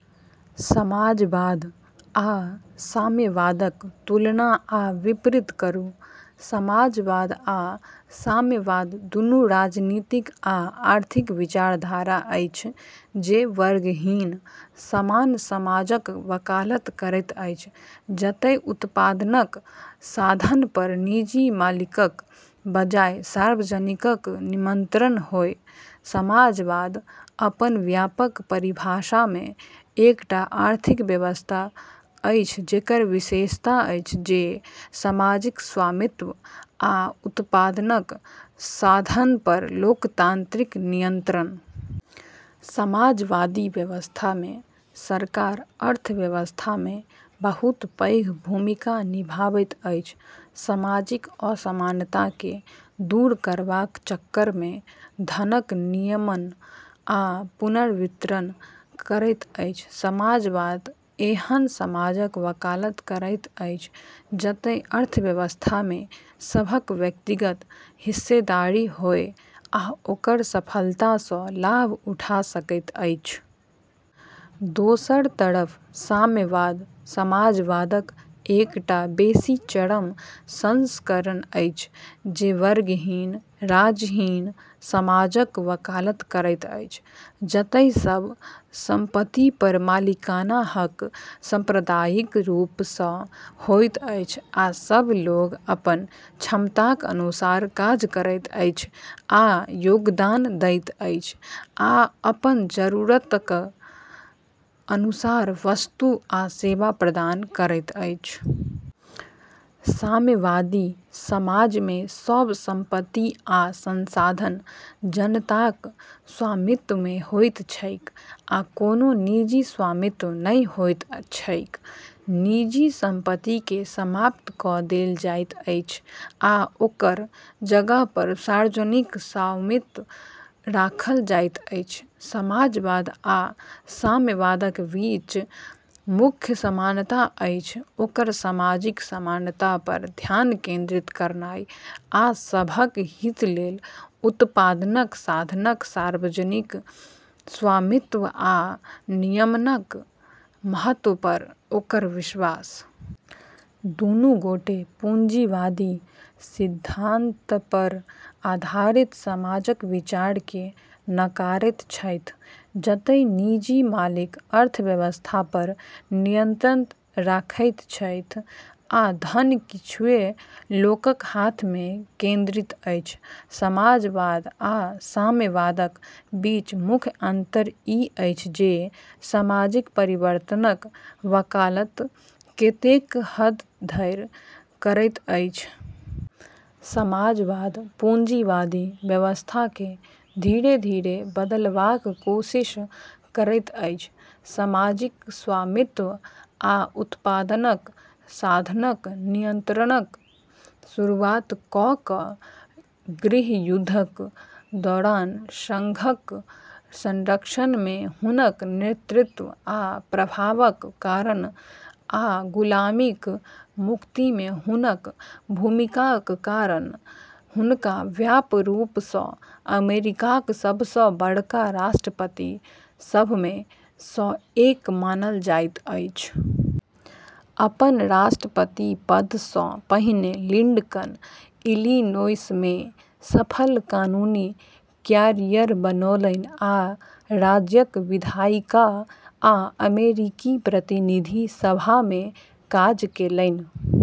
समाजवाद आ साम्यवादक तुलना आ विपरीत करू। समाजवाद आ साम्यवाद दुनू राजनीतिक आ आर्थिक विचारधारा अछि जे वर्गहीन, समान समाजक वकालत करैत अछि जतय उत्पादनक साधनपर निजी मालिकक बजाय सार्वजनिकक नियन्त्रण होय। समाजवाद, अपन व्यापक परिभाषामे, एकटा आर्थिक व्यवस्था अछि जेकर विशेषता अछि जे सामाजिक स्वामित्व आ उत्पादनक साधनपर लोकतान्त्रिक नियन्त्रण। समाजवादी व्यवस्थामे सरकार अर्थव्यवस्थामे बहुत पैघ भूमिका निभाबैत अछि, सामाजिक असमानताकेँ दूर करबाक चक्करमे धनक नियमन आ पुनर्वितरण करैत अछि। समाजवाद एहन समाजक वकालत करैत अछि जतय अर्थव्यवस्थामे सभक व्यक्तिगत हिस्सेदारी होय आ ओकर सफलतासँ लाभ उठा सकैत अछि। दोसर तरफ साम्यवाद समाजवादक एकटा बेसी चरम संस्करण अछि, जे वर्गहीन, राज्यहीन समाजक वकालत करैत अछि, जतय सभ सम्पतिपर मालिकाना हक साम्प्रदायिक रूपसँ होइत अछि, आ सभ लोक अपन क्षमताक अनुसार काज करैत अछि आ योगदान दैत अछि, आ अपन जरूरतक अनुसार वस्तु आ सेवा प्राप्त करैत अछि। साम्यवादी समाजमे सभ सम्पति आ संसाधन जनताक स्वामित्वमे होइत छैक, आ कोनो निजी स्वामित्व नहि होइत छैक। निजी सम्पतिकेँ समाप्त कऽ देल जाइत अछि आ ओकर जगहपर सार्वजनिक स्वामित्व राखल जाइत अछि। समाजवाद आ साम्यवादक बीच मुख्य समानता अछि ओकर सामाजिक समानतापर ध्यान केन्द्रित करनाइ, आ सभक हितलेल उत्पादनक साधनक सार्वजनिक स्वामित्व आ नियमनक महत्वपर ओकर विश्वास। दूनू गोटे पूँजीवादी सिद्धान्तपर आधारित समाजक विचारकेँ नकारैत छथि, जतय निजी मालिक अर्थव्यवस्थापर नियन्त्रण रखैत छथि आ धन किछुए लोकक हाथमे केन्द्रित अछि। समाजवाद आ साम्यवादक बीच मुख्य अन्तर ई अछि जे ई सामाजिक परिवर्तनक वकालत केतेक हदधरि करैत अछि। समाजवाद पूँजीवादी व्यवस्थाकेँ धीरे-धीरे बदलबाक कोशिश करैत अछि, सामाजिक स्वामित्व आ उत्पादनक साधनक नियन्त्रणक शुरुआत कऽ कऽ। गृहयुद्धक दौरान सङ्घक संरक्षणमे हुनक नेतृत्व आ प्रभावक कारण आ गुलामीक मुक्तिमे हुनक भूमिकाक कारण हुनका व्यापक रूपसँ अमेरिकाक सबसँ बड़का राष्ट्रपतिसभमे सँ एक मानल जाइत अछि। अपन राष्ट्रपति पदसँ पहिने लिङ्कन इलिनोइसमे सफल कानूनी क्यारियर बनौलनि आ राज्यक विधायिका आ अमेरिकी प्रतिनिधि सभामे काज केलनि।